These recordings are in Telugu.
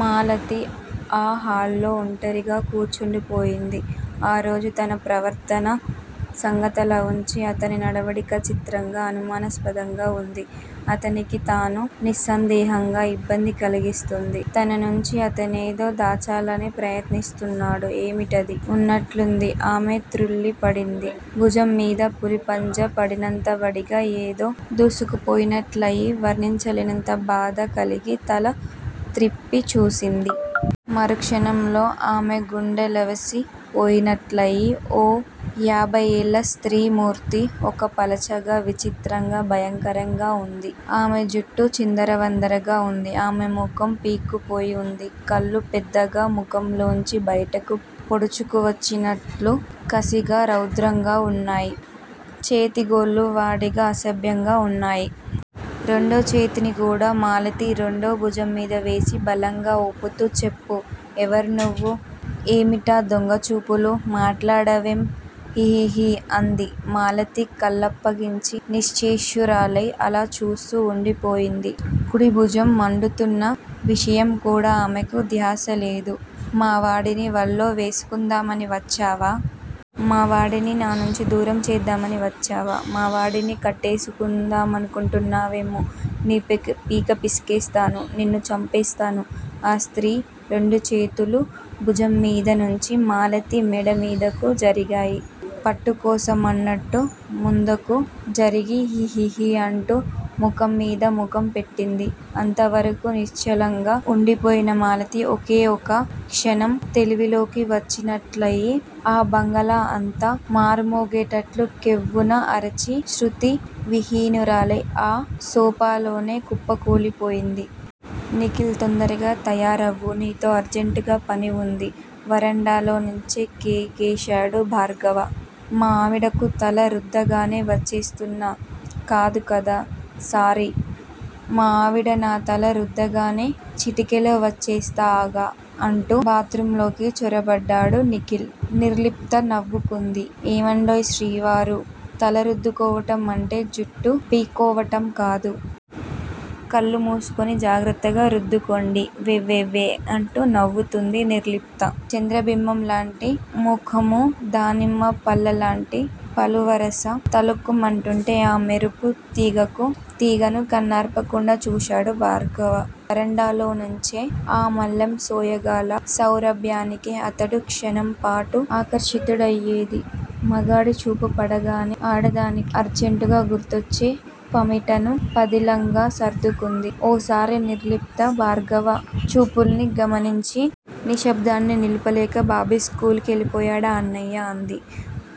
మాలతి ఆ హాల్లో ఒంటరిగా కూర్చుండిపోయింది. ఆరోజు తన ప్రవర్తన సంగతలావుంచి అతని నడవడిక చిత్రంగా, అనుమానాస్పదంగా వుంది. అతనికి తాను నిస్సందేహంగా ఇబ్బంది కలిగిస్తోంది. తననుంచి అతనేదో దాచాలని ప్రయత్నిస్తున్నాడు. ఏమిటది? ఉన్నట్లుంది ఆమె త్రుళ్ళిపడింది. భుజంమీద పులిపంజా పడినంత వాడిగా ఏదో దూసుకుపోయినట్లయి, వర్ణించలేనంత బాధ కలిగి తల త్రిప్పి చూసింది. మరు క్షణంలో ఆమె గుండెలవిసి పోయినట్లాయి. ఓ ఏభై ఏళ్ళ స్త్రీ మూర్తి, ఒక్క పలచగా, విచిత్రంగా, భయంకరంగా వుంది. ఆమె జుట్టు చిందరవందరగా వుంది. ఆమెముఖం పీక్కుపోయి వుంది. కళ్ళు పెద్దగా ముఖంలోంచి బయటకు పొడుచుకు వచ్చినట్లు కసిగా, రౌద్రంగా వున్నాయి. చేతిగ్రోళ్ళు వాడిగా, అసబ్యంగా వున్నాయి. రెండోచేతిని కూడా మాలతి రెండో భుజంమీద వేసి బలంగా ఊపుతూ చెప్పు? ఎవరు నువ్వు? ఏమిటా దొంగ చూపులు? మాట్లాడవేం? హిహిహి అంది. మాలతి కళ్ళప్పగించి నిశ్చేష్టురాలై అలా చూస్తూ వుండిపోయింది. కుడి భుజం మండుతున్న విషయంకూడా ఆమెకు ధ్యాసలేదు. మావాడిని వల్లో వేసుకుందామని వచ్చావా? మావాడిని నానుంచి దూరం చేద్దామని వచ్చావా? మావాడిని కట్టేసుకుందామనుకుంటున్నావేమో? నీ పీక పిసికేస్తాను, నిన్ను చంపేస్తాను. ఆ స్త్రీ రెండుచేతులూ భుజంమీద నుంచి మాలతి మెడమీదకు జరిగాయి. పట్టుకోసం అన్నట్టు ముందుకు జరిగి హీహీహీ అంటూ ముఖంమీద ముఖం పెట్టింది. అంతవరకూ నిశ్చలంగా వుండిపోయిన మాలతి ఒకే ఒక్క క్షణం తెలివిలోకి వచ్చినట్లయి ఆ బంగళా అంతా మార్మోగేటట్లు కెవ్వున అరచి, స్మృతి విహీనురాలై ఆ సోఫాలోనే కుప్పకూలిపోయింది. నిఖిల్ తొందరగా తయారవ్వు. నీతో అర్జంటుగా పని వుంది వరండాలోనుంచే కేకేశాడు భార్గవ. మా ఆవిడకు తల రుద్దగానే వచ్చేస్తున్నా కాదు కదా సారీ! మా ఆవిడ నా తల రుద్దగానే చిటికెలో వచ్చేస్తాగా అంటూ బాత్రూంలోకి చొరబడ్డాడు నిఖిల్. నిర్లిప్త నవ్వుకుంది. ఏమండోయ్ శ్రీవారూ తల రుద్దుకోవటం అంటే, జుట్టు పీక్కోవటం కాదు. కళ్ళు మూసుకుని జాగ్రత్తగా రుద్దుకోండి వ్వెవ్వెవ్వే అంటూ నవ్వుతూంది నిర్లిప్త. చంద్రబింబం లాంటి మోఖము దానిమ్మ పళ్ళలాంటి పలువరస తళుక్కుమంటూంటే ఆ మెరుపు తీగను కన్నార్పకుండా చూశాడు భార్గవ వరండాలోనుంచే. ఆ మల్లె సోయగాల, సౌరభానికే అతడు 'క్షణం పాటు' ఆకర్షితుడయ్యేది. మగాడి చూపు పడగానే ఆడదానికి అర్జంటుగా గుర్తొచ్చే పమిటను పదిలంగా సర్దుకుంది ఓసారి నిర్లిప్త భార్గవ చూపుల్ని గమనించి. నిశ్శబ్దాన్ని నిలుపలేక బాబీ స్కూల్ కెళ్ళిపోయాడా అన్నయ్యా? అంది.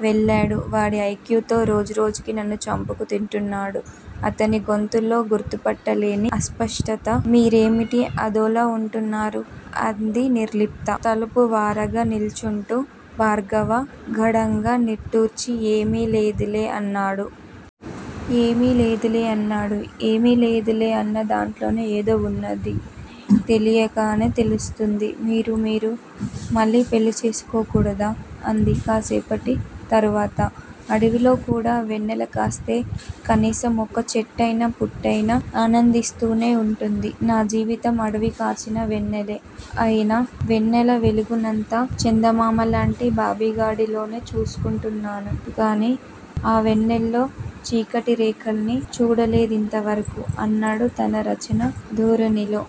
వెళ్ళాడు. వాడి ఐక్యూతో రోజు రోజుకూ నన్ను చంపుకు తింటున్నాడు అతని గొంతులో గుర్తుపట్టలేని అస్పష్టత. మీరేమిటీ అదోలా వుంటున్నారు? అంది నిర్లిప్త తలుపు వారగా నిల్చుంటూ. భార్గవ గాఢంగా నిట్టూర్చి ఏమీ లేదులే అన్నాడు. ఏమీ లేదులే అన్నాడు. ఏమీ లేదులే అన్న దాంట్లోనే ఏదో వున్నది తెలియకనే తెలుస్తుంది. మీరు_మీరు మళ్ళీ పెళ్ళి చేసుకోకూడదా? అంది కసేపటి తర్వాత. అడవిలో కూడా వెన్నెల కాస్తే కనీసం ఒక్క చెట్టయినా, పుట్టయినా ఆనందిస్తూనే వుంటుంది. నా జీవితం అడవికాచిన వెన్నెలే అయినా, వెన్నెల వెలుగునంతా చందమామలాంటి బాబిగాడిలోనే చూసుకుంటున్నాను గాని, ఆ వెన్నెల్లో చీకటిరేఖల్ని చూడలేదింతవరకూ అన్నాడు తన రచనా ధోరణిలో.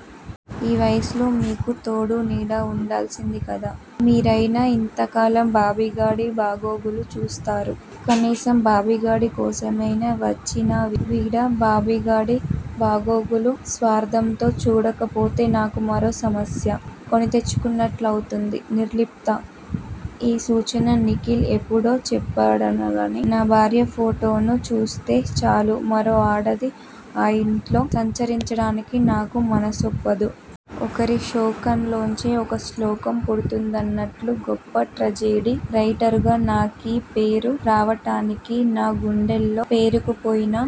ఈ వయసులో మీకో తోడూ నీడా వుండాల్సింది కదా, మీరయినా ఎంతకాలం బాబిగాడి బాగోగులు చూస్తారు. కనీసం బాబిగాడి కోసమైనా వచ్చినావిడ బాబిగాడి బాగోగులు స్వార్ధంతో చూడకపోతే నాకు మరో సమస్య కొనితెచ్చుకున్నట్టవుతుంది నిర్లిప్తా! ఈ సూచన నిఖిల్ ఎప్పుడో చెప్పాడుగాని, నా భార్య ఫోటోను చూస్తే చాలు మరో ఆడది ఆ ఇంట్లో సంచరించడానికి నాకు మనసొప్పదు. ఒకరి శోకంలోంచే ఒక శ్లోకం పుడుతుందన్నట్లు గొప్ప ట్రాజెడీ రైటరుగా నాకీ పేరు రావటానికి నా గుండెల్లో పేరుకుపోయిన